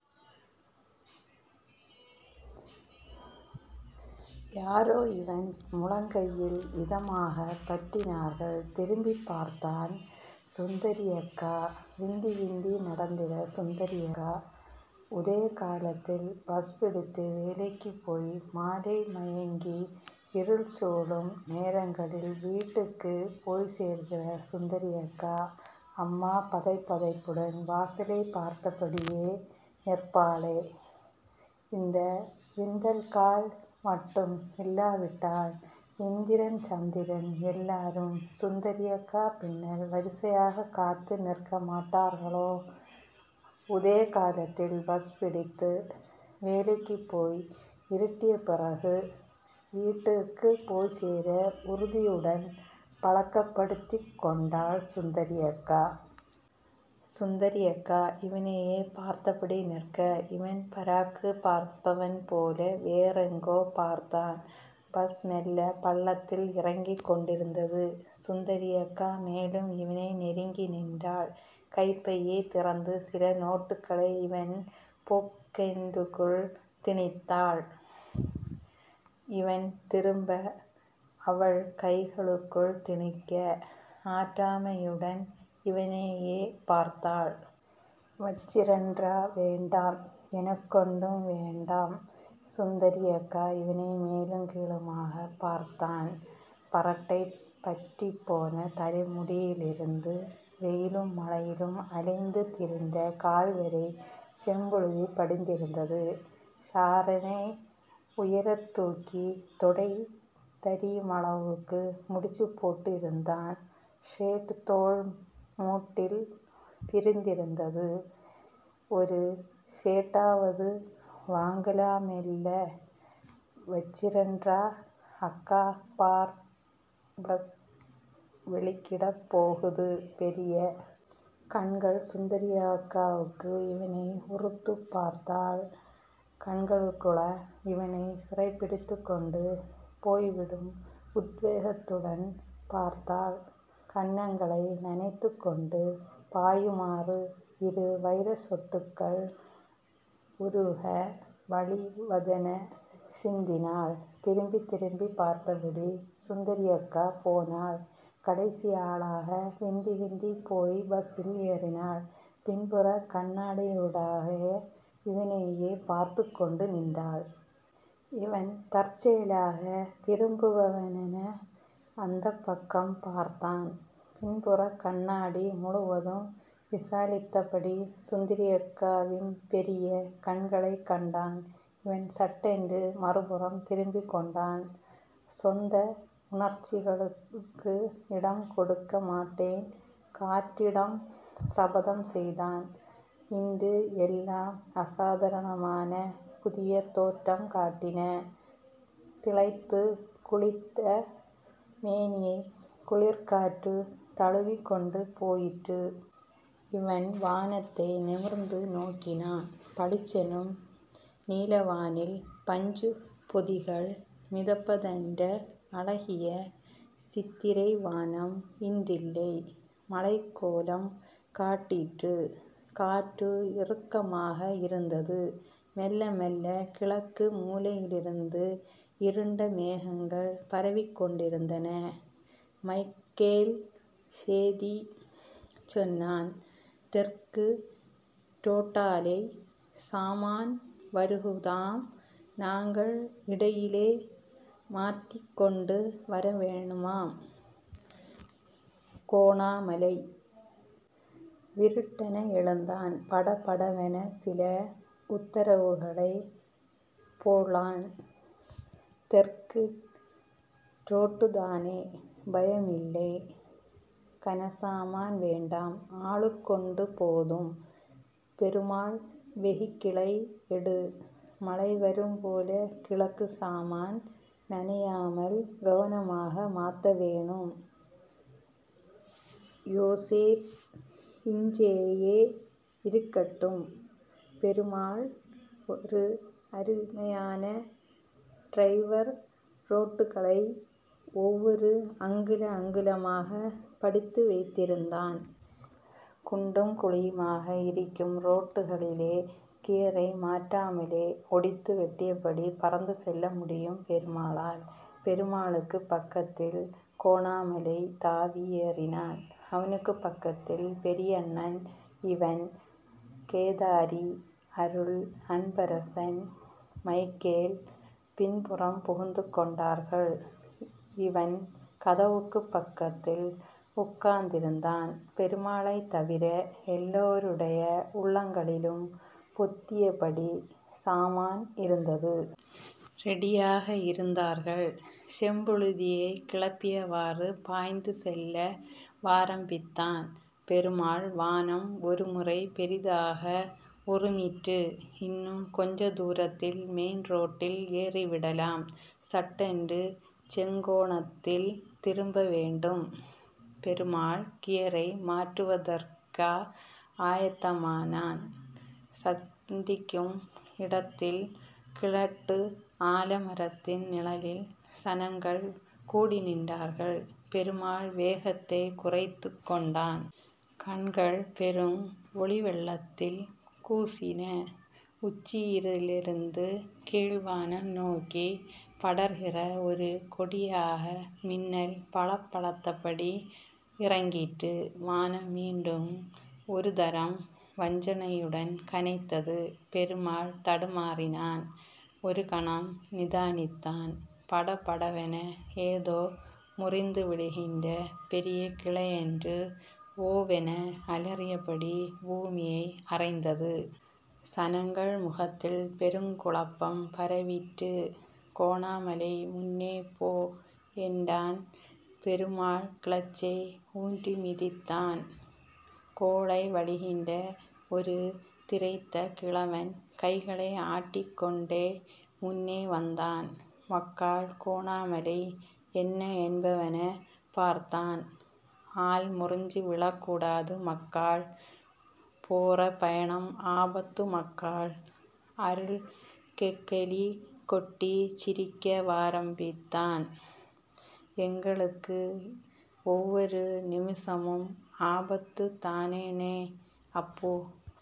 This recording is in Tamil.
யாரோ இவன் முழங்கையில் இதமாகப் பற்றினார்கள். திரும்பிப்பார்த்தான். சுந்தரியக்கா விந்தி விந்தி நடக்கிற சுந்தரியக்கா உதயகாலத்தில் பஸ்பிடித்து வேலைக்குப் போய் மாலை மயங்கி இருள்சூளும் நேரங்களில் வீட்டுக்குப் போய்ச்சேர்கிற சுந்தரியக்கா அம்மா பதைபதைப்புடன் வாசலைப் பார்த்தபடியே நிற்பாளோ இந்த விந்தல் கால் மட்டும் இல்லாவிட்டால் இந்திரன் சந்திரன் எல்லாரும் சுந்தரியக்கா பின்னால் வரிசையாக காத்து நிற்க மாட்டார்களோ உதயகாலத்தில் பஸ்பிடித்து வேலைக்குப்போய் இருட்டியபிறகு வீட்டுக்குப் போய்ச்சேர உறுதியுடன் பழக்கப்படுத்திக் கொண்டாள் சுந்தரியக்கா. சுந்தரியக்கா இவனையே பார்த்தபடி நிற்க. இவன் பராக்குப் பார்ப்பவன் போல வேறெங்கோ பார்த்தான். பஸ் மெல்ல பள்ளத்தில் இறங்கிக் கொண்டிருந்தது. சுந்தரியக்கா மேலும் இவனை நெருங்கி நின்றாள். கைப்பையைத் திறந்து சில நோட்டுகளை இவன் பொக்கெற்றுக்குள் திணித்தாள். இவன் திரும்ப அவள் கைகளுக்குள் திணிக்க... ஆற்றாமையுடன் இவனையே பார்த்தாள். வச்சிரன்ரா...வேண்டாம்... எனக்கொண்டும் வேண்டாம். சுந்தரியக்கா இவனை மேலும் கீழுமாக பார்த்தான். பறட்டை பற்றிப்போன தலைமுடியிலிருந்து வெயிலும் மழையிலும் அலைந்து திரிந்த கால்வரை செம்புழுதி படிந்திருந்தது. சாறனை உயரத்தூக்கி தொடை தரியுமளவுக்கு முடிச்சுப்போட்டு இருந்தான். சேட் தோள்மூட்டில் பிரிந்திருந்தது ஒரு சேட்டாவது வாங்கலாமெல்லே... வச்சிரன்ரா...அக்கா.... பார்... பஸ் வெளிக்கிடப் போகுது..பெரிய கண்கள் சுந்தரியக்காவுக்கு. இவனை உறுத்துப்பார்த்தாள். கண்களுக்குள இவனைச் சிறைப்பிடித்துக் கொண்டு போய்விடும் உத்வேகத்துடன் பார்த்தாள். கன்னங்களை நனைத்துக் கொண்டு பாயுமாறு இரு வைரச்சொட்டுகள் உருக வழிவதென சிந்தினாள். திரும்பித் திரும்பிப் பார்த்தபடி சுந்தரியக்கா போனாள். கடைசி ஆளாக விந்தி விந்திப் போய் பஸ்ஸில் ஏறினாள். பின்புறக் கண்ணாடியூடாக இவனையே பார்த்துக் கொண்டு நின்றாள். இவன் தற்செயலாக திரும்புபவனென அந்தப்பக்கம் பார்த்தான். பின்புறக்கண்ணாடி முழுவதும் விசாலித்தபடி சுந்தரியக்காவின் பெரிய. கண்களைக் கண்டான். இவன் சட்டென்று மறுபுறம் திரும்பிக்கொண்டான். சொந்த உணர்ச்சிகளுக்கு இடம் கொடுக்க மாட்டேன் காற்றிடம் சபதம் செய்தான். இன்று எல்லாம் அசாதாரணமான புதியதோற்றம் காட்டின. திளைத்துக் குளித்த மேனியை குளிர்காற்று தழுவிக்கொண்டு போயிற்று. இவன் வானத்தை நிமிர்ந்து நோக்கினான். பளிச் செனும் நீலவானில் பஞ்சுப் பொதிகள் மிதப்பதன்ற அழகிய சித்திரைவானம் இன்றில்லை. மழைக்கோலம் காட்டிற்று. காற்று இறுக்கமாக இருந்தது. மெல்லமெல்ல கிழக்கு மூலையிலிருந்து இருண்டமேகங்கள் பரவிக் கொண்டிருந்தன. மைக்கேல் சேதி சொன்னான் தெற்கு றோட்டாலை சாமான் வருகுதாம்... நாங்கள் இடையிலே மாத்திக் கொண்டு வரவேணுமாம்...கோணாமலை விருட்டென எழுந்தான். படபடவென சில உத்தரவுகளைப் போள்ளான். தெற்கு றோட்டுத்தானே. பயமில்லை..... கனசாமான் வேண்டாம். ஆளுக்கொண்டு போதும். பெருமாள் வெகிக்கிளை எடு.... மழைவரும்போல கிடக்கு... சாமான் நனையாமல் கவனமாக மாத்தவேணும். யோசேப் இஞ்சேயே இருக்கட்டும் பெருமாள் ஒரு அருமையான ட்ரைவர் ரோட்டுகளை ஒவ்வொரு அங்குல அங்குலமாகப் படித்து வைத்திருந்தான். குண்டும் குழியுமாக இருக்கும் ரோட்டுகளிலே கியரை மாற்றாமலே ஒடித்து வெட்டியபடி பறந்து செல்ல முடியும் பெருமாளால். பெருமாளுக்குப் பக்கத்தில் கோணாமலை தாவி ஏறினான். அவனுக்குப் பக்கத்தில் பெரியண்ணன். இவன்.... கேதாரி... அருள்.... அன்பரசன்..... மைக்கேல்.... பின்புறம் புகுந்து கொண்டார்கள். இவன் கதவுக்குப் பக்கத்தில் உட்கார்ந்திருந்தான். பெருமாளைத் தவிர எல்லோருடைய உள்ளங்களிலும் பொத்தியபடி சாமான் இருந்தது. ரெடியாக இருந்தார்கள். செம்புழுதியைக் கிளப்பியவாறு பாய்ந்து செல்ல வாரம்பித்தான் பெருமாள் வானம் ஒருமுறை பெரிதாக உறுமிற்று. இன்னும் கொஞ்ச தூரத்தில் மெயின்ரோட்டில் ஏறிவிடலாம். சட்டென்று செங்கோணத்தில் திரும்பவேண்டும். பெருமாள் கியரை மாற்றுவதற்க ஆயத்தமானான். சந்திக்கும் இடத்தில் கிழட்டு ஆலமரத்தின் நிழலில் சனங்கள் கூடிநின்றார்கள். பெருமாள் வேகத்தைக் குறைத்துக் கொண்டான். கண்கள் பெரும் ஒளிவெள்ளத்தில் கூசின. உச்சியிலிருந்து கீழ்வானம் நோக்கி படர்கிற ஒரு கொடியாக மின்னல் பளபளத்த படி இறங்கிற்று. வானம் மீண்டும் ஒருதரம் வஞ்சனையுடன் கனைத்தது. பெருமாள் தடுமாறினான். ஒரு கணம் நிதானித்தான். படபடவென ஏதோ முறிந்து விழுகின்ற பெரிய கிளையன்று ஓவென அலறியபடி பூமியை அறைந்தது. சனங்கள் முகத்தில் பெருங்குழப்பம் பரவிற்று. கோணாமலை முன்னேபோ என்றான். பெருமாள் கிளச்சை ஊன்றி மிதித்தான். கோழை வழிகின்ற ஒரு திரைத்த கிழவன் கைகளை ஆட்டிக்கொண்டே முன்னே வந்தான். மக்காள்... கோணாமலை என்ன என்பவனெனப் பார்த்தான். ஆல் முறிஞ்சு விழக்கூடாது மக்காள்..போறபயணம் ஆபத்து மக்காள். அருள் கெக்கெலி கொட்டிச் சிரிக்கவாரம்பித்தான். எங்களுக்கு ஒவ்வொரு நிமிசமும் ஆபத்துத் தானேணே அப்பு